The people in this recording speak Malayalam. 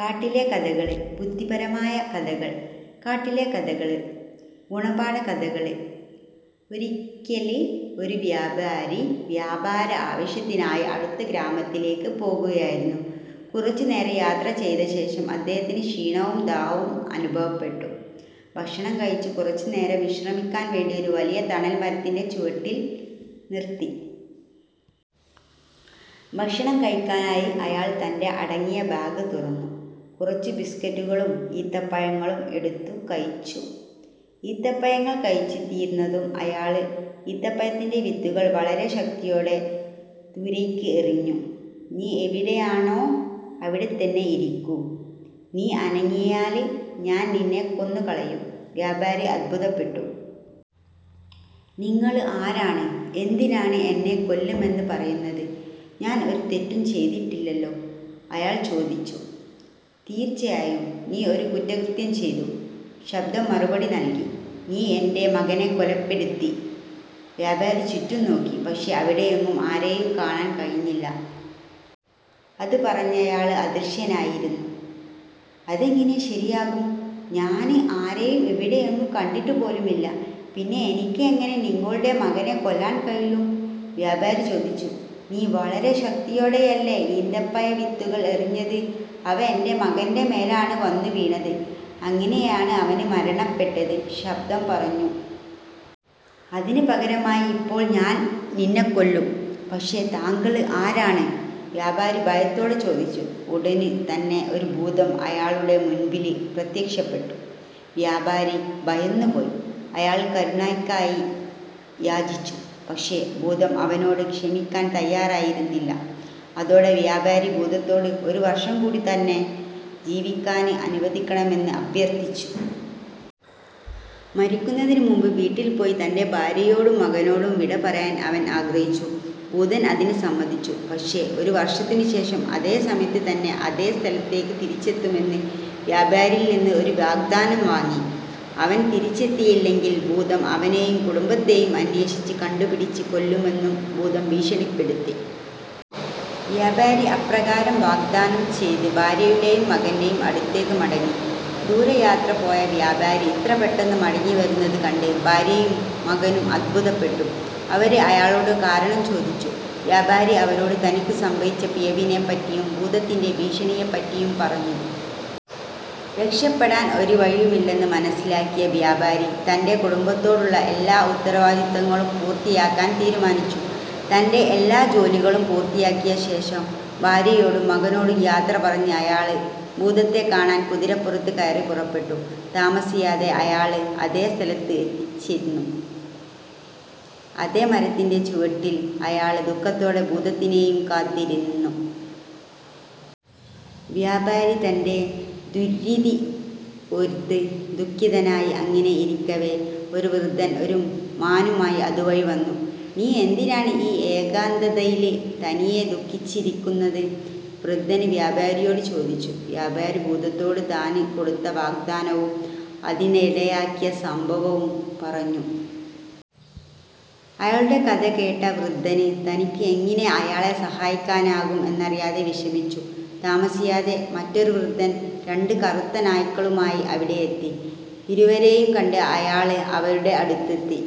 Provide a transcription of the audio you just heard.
കാട്ടിലെ കഥകള് ബുദ്ധിപരമായ കഥകൾ കാട്ടിലെ കഥകള് ഗുണപാഠ കഥകള് ഒരിയ്ക്കല് ഒരു വ്യാപാരി വ്യാപാര ആവശ്യത്തിനായി അടുത്ത ഗ്രാമത്തിലേക്ക് പോകുകയായിരുന്നു. കുറച്ചു നേരം യാത്ര ചെയ്ത ശേഷം അദ്ദേഹത്തിന് ക്ഷീണവും ദാഹവും അനുഭവപ്പെട്ടു. ഭക്ഷണം കഴിച്ച് കുറച്ചു നേരം വിശ്രമിക്കാൻ വേണ്ടി ഒരു വലിയ തണൽ മരത്തിന്റെ ചുവട്ടിൽ നിർത്തി. ഭക്ഷണം കഴിക്കാനായി അയാള് തന്റെ അടങ്ങിയ ബാഗ് തുറന്നു. കുറച്ച് ബിസ്കറ്റുകളും ഈത്തപ്പഴങ്ങളും എടുത്തു കഴിച്ചു. ഈത്തപ്പഴങ്ങൾ കഴിച്ചു തീര്ന്നതും അയാള് ഈത്തപ്പഴത്തിന്റെ വിത്തുകൾ വളരെ ശക്തിയോടെ ദൂരെയ്ക്ക് എറിഞ്ഞു. "നീ എവിടെയാണോ അവിടെത്തന്നെ ഇരിക്കൂ. നീ അനങ്ങിയാല് ഞാൻ നിന്നെ കൊന്നു കളയും. " വ്യാപാരി അത്ഭുതപ്പെട്ടു. "നിങ്ങള് ആരാണ്? എന്തിനാണ് എന്നെ കൊല്ലുമെന്ന് പറയുന്നത്? ഞാൻ ഒരു തെറ്റും ചെയ്തിട്ടില്ലല്ലോ? " അയാൾ ചോദിച്ചു. "തീര്ച്ചയായും നീ ഒരു കുറ്റകൃത്യം ചെയ്തു," ശബ്ദം മറുപടി നൽകി. "നീ എന്റെ മകനെ കൊലപ്പെടുത്തി. " വ്യാപാരി ചുറ്റും നോക്കി, പക്ഷേ അവിടെയെങ്ങും ആരെയും കാണാൻ കഴിഞ്ഞില്ല. അത് പറഞ്ഞയാള് അദൃശ്യനായിരുന്നു. "അതെങ്ങിനെ ശരിയാകും. ഞാന് ആരെയും ഇവിടെയെങ്ങും കണ്ടിട്ടു പോലുമില്ല. പിന്നെ എനിക്ക് എങ്ങനെ നിങ്ങളുടെ മകനെ കൊല്ലാൻ കഴിയും? " വ്യാപാരി ചോദിച്ചു. "നീ വളരെ ശക്തിയോടെയല്ലേ ഈന്തപ്പഴ വിത്തുകൾ എറിഞ്ഞത്, അവ എന്റെ മകന്റെ മേലാണ് വന്നു വീണത്. അങ്ങിനെയാണ് അവന് മരണപ്പെട്ടത്," ശബ്ദം പറഞ്ഞു. " അതിന് പകരമായി ഇപ്പോൾ, ഞാൻ നിന്നെ കൊല്ലും. " "പക്ഷേ താങ്കള് ആരാണ്? " വ്യാപാരി ഭയത്തോടെ ചോദിച്ചു. ഉടന് തന്നെ ഒരു ഭൂതംഅയാളുടെ മുന്പില് പ്രത്യക്ഷപ്പെട്ടു. വ്യാപാരി ഭയന്നു പോയി. അയാള് കരുണയ്ക്കായി യാചിച്ചു. പക്ഷേ, ഭൂതം അവനോട് ക്ഷമിക്കാൻ തയ്യാറായിരുന്നില്ല. അതോടെ വ്യാപാരി ഭൂതത്തോട് ഒരു വർഷം കൂടി തന്നെ ജീവിക്കാന് അനുവദിക്കണമെന്ന് അഭ്യർത്ഥിച്ചു. മരിക്കുന്നതിന് മുമ്പ് വീട്ടിൽ പോയി തന്റെ ഭാര്യയോടും മകനോടും വിട പറയാൻ അവൻ ആഗ്രഹിച്ചു. ഭൂതം അതിന് സമ്മതിച്ചു. പക്ഷേ ഒരു വർഷത്തിനുശേഷം അതേ സമയത്ത് തന്നെ അതേ സ്ഥലത്തേക്ക് തിരിച്ചെത്തുമെന്ന് വ്യാപാരിയിൽ നിന്ന് ഒരു വാഗ്ദാനം വാങ്ങി. അവൻ തിരിച്ചെത്തിയില്ലെങ്കിൽ, ഭൂതം അവനെയും കുടുംബത്തെയും അന്വേഷിച്ച് കണ്ടുപിടിച്ച് കൊല്ലുമെന്നും ഭൂതം ഭീഷണിപ്പെടുത്തി. വ്യാപാരി അപ്രകാരം വാഗ്ദാനം ചെയ്ത് ഭാര്യയുടെയും മകന്റെയും അടുത്തേക്ക് മടങ്ങി. ദൂര യാത്ര പോയ വ്യാപാരി ഇത്ര പെട്ടെന്ന് മടങ്ങിവരുന്നത് കണ്ട് ഭാര്യയും മകനും അത്ഭുതപ്പെട്ടു. അവര് അയാളോട് കാരണം ചോദിച്ചു. വ്യാപാരി അവരോട് തനിക്ക് സംഭവിച്ച പിഴവിനെ പറ്റിയും, ഭൂതത്തിന്റെ ഭീഷണിയെ പറ്റിയും പറഞ്ഞു. രക്ഷപ്പെടാൻ ഒരു വഴിയുമില്ലെന്ന് മനസ്സിലാക്കിയ വ്യാപാരി തന്റെ കുടുംബത്തോടുള്ള എല്ലാ ഉത്തരവാദിത്തങ്ങളും പൂർത്തിയാക്കാൻ തീരുമാനിച്ചു. തന്റെ എല്ലാ ജോലികളും പൂർത്തിയാക്കിയ ശേഷം, ഭാര്യയോടും മകനോടും യാത്ര പറഞ്ഞ് അയാള് ഭൂതത്തെ കാണാൻ കുതിരപ്പുറത്ത് കയറി പുറപ്പെട്ടു. താമസിയാതെ അയാള് അതേ സ്ഥലത്ത് എത്തിച്ചെര്ന്നു, അതേ മരത്തിന്റെ ചുവട്ടിൽ അയാള് ദുഃഖത്തോടെ ഭൂതത്തിനെയും കാത്ത് ഇരുന്നു. വ്യാപാരി തന്റെ ദുര്വിധി ഓര്ത്ത് ദുഖിതനായി അങ്ങിനെ ഇരിക്കവേ, ഒരു വൃദ്ധൻ ഒരു മാനുമായി അത് വഴി വന്നു. "നീ എന്തിനാണ് ഈ ഏകാന്തതയില് തനിയെ ദുഖിച്ച് ഇരിക്കുന്നത്? " വൃദ്ധന് വ്യാപാരിയോട് ചോദിച്ചു. വ്യാപാരി ഭൂതത്തിനോട് താന് കൊടുത്ത വാഗ്ദാനവും അതിനിടയാക്കിയ സംഭവവും പറഞ്ഞു. അയാളുടെ കഥ കേട്ട വൃദ്ധന് തനിക്ക് എങ്ങിനെ അയാളെ സഹായിക്കാനാകും എന്നറിയാതെ വിഷമിച്ചു. താമസിയാതെ, മറ്റൊരു വൃദ്ധൻ രണ്ട് കറുത്ത നായ്ക്കളുമായി അവിടെയെത്തി. ഇരുവരെയും കണ്ട് അയാള് അവരുടെ അടുത്തെത്തി.